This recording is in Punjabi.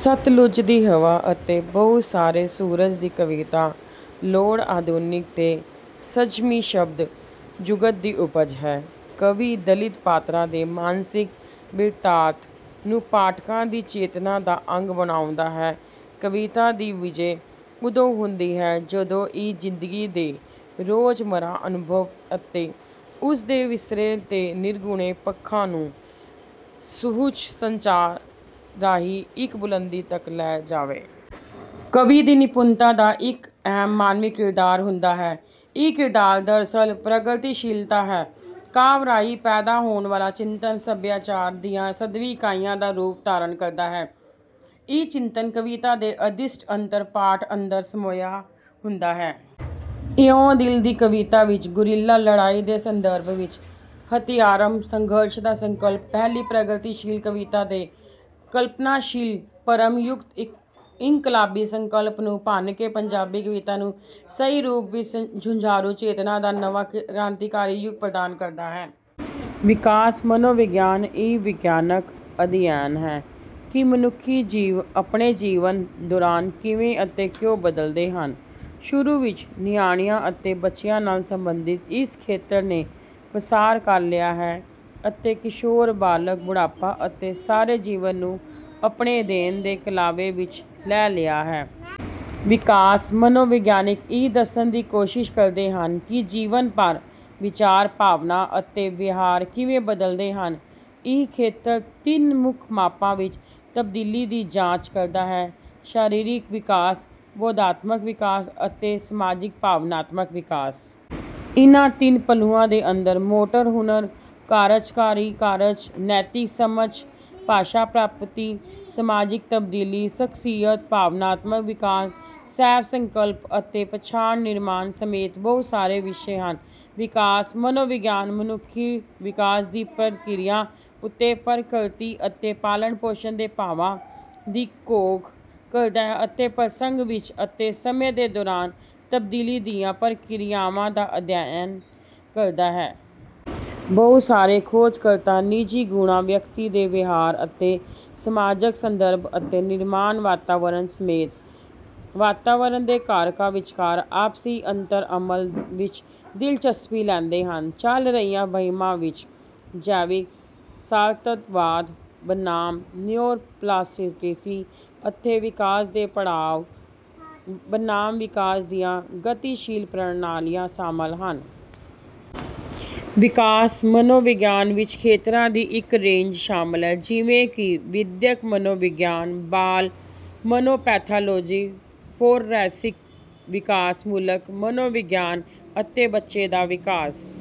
‘ਸਤਲੁੱਜ ਦੀ ਹਵਾ’ ਅਤੇ ‘ਬਹੁਤ ਸਾਰੇ ਸੂਰਜ’ ਦੀ ਕਵਿਤਾ ਲੋੜ, ਆਧੁਨਿਕ ਤੇ ਸੰਜਮੀ ਸ਼ਬਦ-ਜੁਗਤ ਦੀ ਉਪਜ ਹੈ। ਕਵੀ ਦਲਿਤ ਪਾਤਰਾਂ ਦੇ ਮਾਨਸਿਕ ਬਿਰਤਾਂਤ ਨੂੰ ਪਾਠਕਾਂ ਦੀ ਚੇਤਨਾ ਦਾ ਅੰਗ ਬਣਾਉਂਦਾ ਹੈ। ਕਵਿਤਾ ਦੀ ਵਿਜੈ ਉਦੋਂ ਹੁੰਦੀ ਹੈ, ਜਦੋਂ ਇਹ ਜ਼ਿੰਦਗੀ ਦੇ ਰੋਜ਼-ਮਰਾ ਅਨੁਭਵ ਅਤੇ ਉਸ ਦੇ ਵਿਸਰੇ ਤੇ ਨਿਗੂਣੇ ਪੱਖਾਂ ਨੂੰ ਸੁਹਜ ਸੰਚਾਰ ਰਾਹੀਂ ਇੱਕ ਬੁਲੰਦੀ ਤੱਕ ਲੈ ਜਾਵੇ। ਕਵੀ ਦੀ ਨਿਪੁੰਨਤਾ ਦਾ ਇੱਕ ਅਹਿਮ ਮਾਨਵੀ ਕਿਰਦਾਰ ਹੁੰਦਾ ਹੈ। ਇਹੀ ਕਿਰਦਾਰ, ਦਰਅਸਲ, ਪ੍ਰਗਤੀਸ਼ੀਲਤਾ ਹੈ। ਕਾਵਿ ਰਾਹੀਂ ਪੈਦਾ ਹੋਣ ਵਾਲਾ ਚਿੰਤਨ ਸਭਿਆਚਾਰ ਦੀਆਂ ਸਦੀਵੀ ਇਕਾਈਆਂ ਦਾ ਰੂਪ ਧਾਰਣ ਕਰਦਾ ਹੈ। ਇਹ ਚਿੰਤਨ ਕਵਿਤਾ ਦੇ ਅਦ੍ਰਿਸ਼ਟ ਅੰਤਰ-ਪਾਠ ਅੰਦਰ ਸਮੋਇਆ ਹੁੰਦਾ ਹੈ। ‘ਇਉਂ ਦਿਲ ਦੀ ਕਵਿਤਾ’ ਵਿੱਚ ਗੁਰੀਲਾ ਲੜਾਈ ਦੇ ਸੰਦਰਭ ਵਿੱਚ ਹਥਿਆਰਬੰਦ ਸੰਘਰਸ਼ ਦਾ ਸੰਕਲਪ ਪਹਿਲੀ ਪ੍ਰਗਤੀਸ਼ੀਲ ਕਵਿਤਾ ਦੇ ਕਲਪਨਾਸ਼ੀਲ, ਭਰਮ-ਯੁਕਤ ਇਨਕਲਾਬੀ ਸੰਕਲਪ ਨੂੰ ਭੰਨ ਕੇ ਪੰਜਾਬੀ ਕਵਿਤਾ ਨੂੰ ਸਹੀ ਰੂਪ ਵਿੱਚ ਜੁਝਾਰੂ ਚੇਤਨਾ ਦਾ ਨਵਾਂ ਕ੍ਰਾਂਤੀਕਾਰੀ ਯੁੱਗ ਪ੍ਰਦਾਨ ਕਰਦਾ ਹੈ। ਵਿਕਾਸ ਮਨੋਵਿਗਿਆਨ ਇਹ ਵਿਗਿਆਨਕ ਅਧਿਐਨ ਹੈ ਕਿ ਮਨੁੱਖੀ ਜੀਵ ਆਪਣੇ ਜੀਵਨ ਦੌਰਾਨ ਕਿਵੇਂ ਅਤੇ ਕਿਉਂ ਬਦਲਦੇ ਹਨ। ਸ਼ੁਰੂ ਵਿੱਚ ਨਿਆਣਿਆਂ ਅਤੇ ਬੱਚਿਆਂ ਨਾਲ ਸੰਬੰਧਿਤ ਇਸ ਖੇਤਰ ਨੇ ਪਸਾਰ ਕਰ ਲਿਆ ਹੈ ਅਤੇ ਕਿਸ਼ੋਰ, ਬਾਲਗ, ਬੁਢਾਪਾ ਅਤੇ ਸਾਰੇ ਜੀਵਨ ਨੂੰ ਆਪਣੇ ਅਧਿਐਨ ਦੇ ਕਲਾਵੇ ਵਿੱਚ ਲੈ ਲਿਆ ਹੈ। ਵਿਕਾਸ ਮਨੋਵਿਗਿਆਨੀ ਇਹ ਦੱਸਣ ਦੀ ਕੋਸ਼ਿਸ਼ ਕਰਦੇ ਹਨ ਕਿ ਜੀਵਨ ਭਰ ਵਿਚਾਰ, ਭਾਵਨਾ ਅਤੇ ਵਿਹਾਰ ਕਿਵੇਂ ਬਦਲਦੇ ਹਨ। ਇਹ ਖੇਤਰ ਤਿੰਨ ਮੁੱਖ ਮਾਪਾਂ ਵਿੱਚ ਤਬਦੀਲੀ ਦੀ ਜਾਂਚ ਕਰਦਾ ਹੈ: ਸਰੀਰਕ ਵਿਕਾਸ, ਬੋਧਾਤਮਕ ਵਿਕਾਸ ਅਤੇ ਸਮਾਜਿਕ-ਭਾਵਨਾਤਮਕ ਵਿਕਾਸ। ਇਹਨਾਂ ਤਿੰਨ ਪਹਿਲੂਆਂ ਦੇ ਅੰਦਰ ਮੋਟਰ ਹੁਨਰ, ਕਾਰਜਕਾਰੀ ਕਾਰਜ, ਨੈਤਿਕ ਸਮਝ, ਭਾਸ਼ਾ ਪ੍ਰਾਪਤੀ, ਸਮਾਜਿਕ ਤਬਦੀਲੀ, ਸ਼ਖ਼ਸੀਅਤ, ਭਾਵਨਾਤਮਕ ਵਿਕਾਸ, ਸਵੈ-ਸੰਕਲਪ ਅਤੇ ਪਛਾਣ-ਨਿਰਮਾਣ ਸਮੇਤ ਬਹੁਤ ਸਾਰੇ ਵਿਸ਼ੇ ਹਨ। ਵਿਕਾਸ ਮਨੋਵਿਗਿਆਨ ਮਨੁੱਖੀ ਵਿਕਾਸ ਦੀ ਪ੍ਰਕਿਰਿਆ ਉੱਤੇ ਪ੍ਰਕਿਰਤੀ ਅਤੇ ਪਾਲਣ-ਪੋਸ਼ਣ ਦੇ ਪ੍ਰਭਾਵਾਂ ਦੀ ਘੋਖ ਕਰਦਾ ਹੈ ਅਤੇ ਪ੍ਰਸੰਗ ਵਿੱਚ ਅਤੇ ਸਮੇਂ ਦੇ ਦੌਰਾਨ ਤਬਦੀਲੀ ਦੀਆਂ ਪ੍ਰਕਿਰਿਆਵਾਂ ਦਾ ਅਧਿਐਨ ਕਰਦਾ ਹੈ। ਬਹੁਤ ਸਾਰੇ ਖੋਜਕਰਤਾ ਨਿੱਜੀ ਗੁਣਾਂ, ਵਿਅਕਤੀ ਦੇ ਵਿਹਾਰ ਅਤੇ ਸਮਾਜਕ ਸੰਦਰਭ ਅਤੇ ਨਿਰਮਾਣ-ਵਾਤਾਵਰਨ ਸਮੇਤ ਵਾਤਾਵਰਣ ਦੇ ਕਾਰਕਾਂ ਵਿਚਕਾਰ ਆਪਸੀ ਅੰਤਰ-ਅਮਲ ਵਿੱਚ ਦਿਲਚਸਪੀ ਲੈਂਦੇ ਹਨ। ਚੱਲ ਰਹੀਆਂ ਬਹਿਸਾਂ ਵਿੱਚ ਜੈਵਿਕ ਸਾਰਤੱਤਵਾਦ ਬਨਾਮ ਨਿਊਰੋਪਲਾਸਟੀਸਿਟੀ ਅਤੇ ਵਿਕਾਸ ਦੇ ਪੜਾਅ ਬਨਾਮ ਵਿਕਾਸ ਦੀਆਂ ਗਤੀਸ਼ੀਲ ਪ੍ਰਣਾਲੀਆਂ ਸ਼ਾਮਲ ਹਨ। ਵਿਕਾਸ ਮਨੋਵਿਗਿਆਨ ਵਿੱਚ ਖੇਤਰਾਂ ਦੀ ਇੱਕ ਰੇਂਜ ਸ਼ਾਮਲ ਹੈ, ਜਿਵੇਂ ਕਿ ਵਿਦਿਅਕ ਮਨੋਵਿਗਿਆਨ, ਬਾਲ ਮਨੋਪੈਥਾਲੌਜੀ, ਫੋਰੈਂਸਿਕ ਵਿਕਾਸਮੂਲਕ ਮਨੋਵਿਗਿਆਨ ਅਤੇ ਬੱਚੇ ਦਾ ਵਿਕਾਸ।